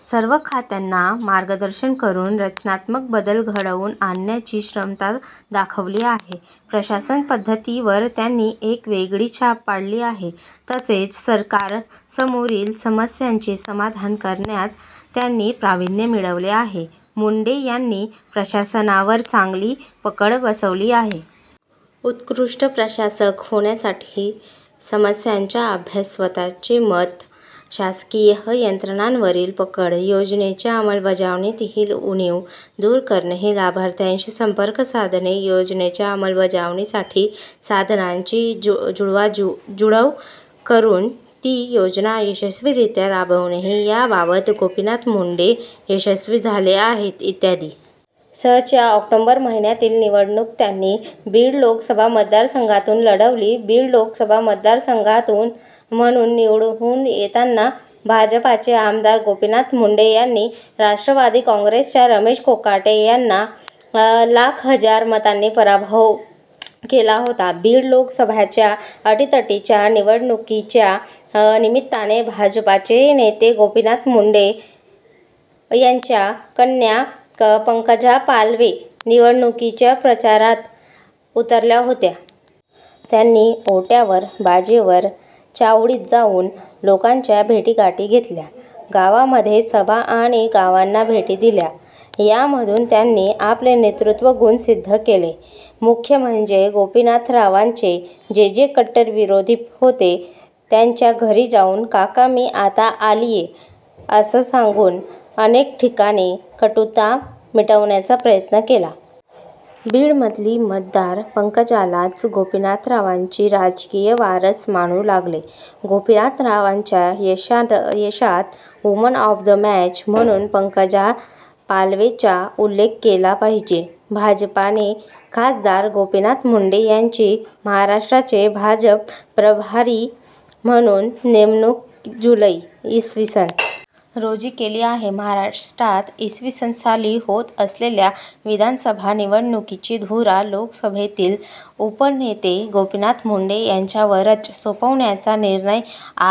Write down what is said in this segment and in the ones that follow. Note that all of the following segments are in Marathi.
सर्व खात्यांना मार्गदर्शन करून, रचनात्मक बदल घडवून आणण्याची क्षमता दाखवली आहे. प्रशासन पद्धतीवर त्यांनी एक वेगळी छाप पाडली आहे. तसेच सरकार समोरील समस्यांचे समाधान करण्यात त्यांनी प्रावीण्य मिळवले आहे. मुंडे यांनी प्रशासनावर चांगली पकड बसवली आहे. उत्कृष्ट प्रशासक होण्यासाठी समस्यांचा अभ्यास, स्वतःचे मत, प्रशासकीय यंत्रणेवारील पकड, योजनेच्या अमलबजावणीतील उणीवा दूर करणे, लाभार्थीशी सम्पर्कसाधने, योजनेच्या अमलबजावणीसाठी साधनांची जुळवाजुळव करून ती योजना यशस्वीरित्या राबविणे याबाबत गोपीनाथ मुंडे यशस्वी झाले आहेत. इ. स. च्या ऑक्टोबर महिन्यातील निवडणूक त्यांनी बीड लोकसभा मतदारसंघातून लढवली. बीड लोकसभा मतदारसंघातून म्हणून निवडून येताना भाजपचे आमदार गोपीनाथ मुंडे यांनी राष्ट्रवादी काँग्रेसच्या रमेश कोकाटे यांना लाख हजार मतांनी पराभव केला होता. बीड लोकसभेच्या अटीतटीच्या निवडणुकीच्या निमित्ताने भाजपचे नेते गोपीनाथ मुंडे यांच्या कन्या पंकजा पालवे निवडणुकीच्या प्रचारात उतरल्या होत्या. त्यांनी ओट्यावर, बाजेवर, चावडीत जाऊन लोकांच्या भेटीगाठी घेतल्या. गावांमध्ये सभा आणि गावांना भेटी दिल्या. यामधून त्यांनी आपले नेतृत्वगुण सिद्घ केले. मुख्य म्हणजे गोपीनाथरावांचे जे जे कट्टर विरोधक होते त्यांच्या घरी जाऊन 'काका मी आता आलीय' असे सांगून अनेक ठिकाणी कटुता मिटविण्याचा प्रयत्न केला. बीडमधील मतदार पंकजालाच गोपीनाथरावांची राजकीय वारस मानू लागले. गोपीनाथरावांच्या यशात 'वुमन ऑफ द मॅच' म्हणून पंकजा पालवेचा उल्लेख केलाच पाहिजे.। भाजपने खासदार गोपीनाथ मुंडे यांची महाराष्ट्राचे भाजप प्रभारी म्हणून नेमणूक जूलै, इ. स. रोजी केली आहे. महाराष्ट्रात इ. स.विसन साली होत असलेल्या विधानसभा निवडणुकांची धुरा लोकसभेतील उपनेते गोपीनाथ मुंडे यांच्यावरच सोपविण्याचा निर्णय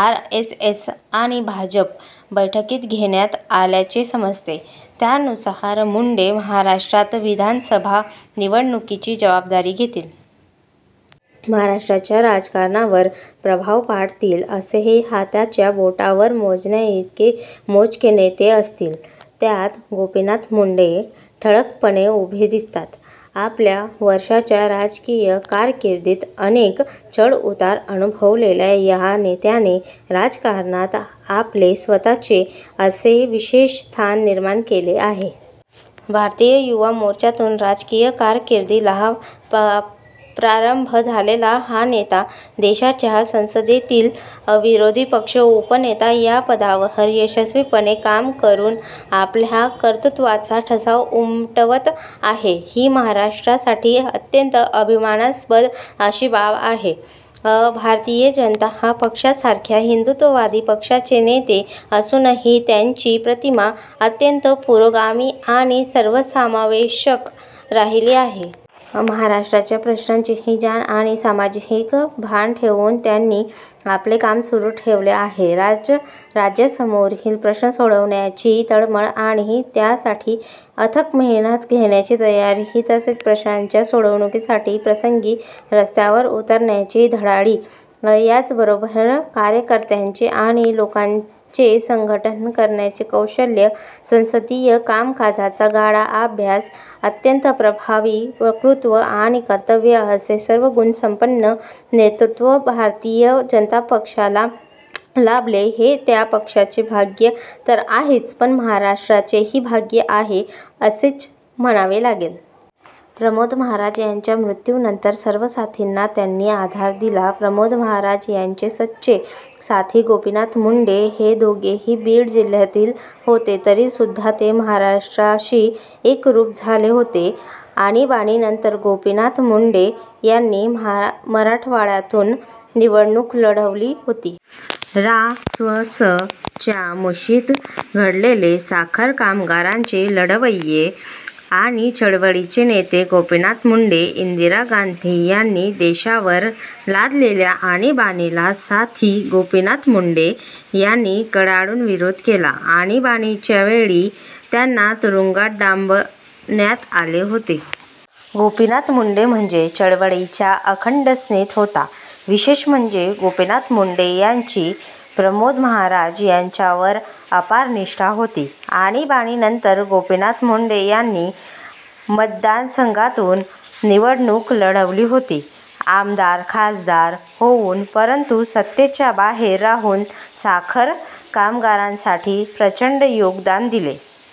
आरएसएस आणि भाजप बैठकीत घेण्यात आल्याचे समजते. त्यानुसार मुंडे महाराष्ट्रात विधानसभा निवडणुकांची जबाबदारी घेतील. महाराष्ट्राच्या राजकारणावर प्रभाव पाडतील असे हाताच्या बोटावर मोजण्याइतके मोजके नेते असतील. त्यात गोपीनाथ मुंडे ठळकपणे उठून दिसतात. आपल्या वर्षाच्या राजकीय कारकिर्दीत अनेक चढउतार अनुभवलेल्या या नेत्याने राजकारणात आपले स्वतःचे असे विशेष स्थान निर्माण केले आहे. भारतीय युवा मोर्चातून राजकीय कारकिर्दीला प्रारंभ झालेला हा नेता देशाच्या संसदेतील विरोधी पक्ष उपनेता या पदावर यशस्वीपणे काम करून आपल्या कर्तृत्त्वाचा ठसा उमटवत आहे, ही महाराष्ट्रासाठी अत्यंत अभिमानास्पद अशी बाब आहे. भारतीय जनता पक्षासारख्या हिन्दुत्ववादी पक्षाचे नेते असूनही त्यांची प्रतिमा अत्यंत पुरोगामी आणि सर्वसमावेशक राहिली आहे. महाराष्ट्राच्या प्रश्नांची ही जाण आणि सामाजिक भान ठेवून त्यांनी आपले काम सुरू ठेवले आहे. राज्य राज्यासमोरील प्रश्न सोडवण्याची तळमळ आणि त्यासाठी अथक मेहनत घेण्याची तयारी तसेच प्रश्नांच्या सोडवणुकीसाठी प्रसंगी रस्त्यावर उतरण्याची धडाडी, याचबरोबर कार्यकत्र्यांचे आणि लोकांचे संघटन करण्याचे कौशल्य, संसदीय कामकाजाचा गाढा अभ्यास, अत्यंत प्रभावी वक्तृत्व आणि कर्तत्त्व असे सर्वगुणसम्पन्न नेतृत्व भारतीय जनता पक्षाला लाभले, हे त्या पक्षाचे भाग्य तर आहेच; पण महाराष्ट्राचेही भाग्य आहे, असेच म्हणावे लागेल. प्रमोद महाराज यांच्या मृत्यूनंतर सर्व साथींना त्यांनी आधार दिला. प्रमोद महाराज यांचे सच्चे साथी गोपीनाथ मुंडे हे दोघेही बीड जिल्ह्यातील होते तरीसुद्धा ते महाराष्ट्राशी एकरूप झाले होते. आणीबाणीनंतर गोपीनाथ मुंडे यांनी मराठवाडातून निवडणूक लढवली होती. रा. स्व. स. च्या मुशीत घडलेले साखर कामगारांचे लढवय्ये आणि चळवळीचे नेते गोपीनाथ मुंडे. इन्दिरा गान्धी यांनी देशावर लादलेल्या आणीबाणीला साथी गोपीनाथ मुंडे यांनी कडाडून विरोध केला. आणीबाणीच्या वेळी त्यांना तुरुंगात डाम्बण्यात आले होते. गोपीनाथ मुंडे म्हणजे चळवळीचा अखण्ड स्नेत होता. विशेष म्हणजे गोपीनाथ मुंडे यांची प्रमोद महाजन यांच्यावर अपार निष्ठा होती. आणीबाणीनंतर गोपीनाथ मुंडे यांनी मतदारसंघातून निवडणूक लढवली होती. आमदार- खासदार होऊन परंतु सत्तेच्या बाहेर राहून साखर कामगारांसाठी प्रचण्ड योगदान दिले.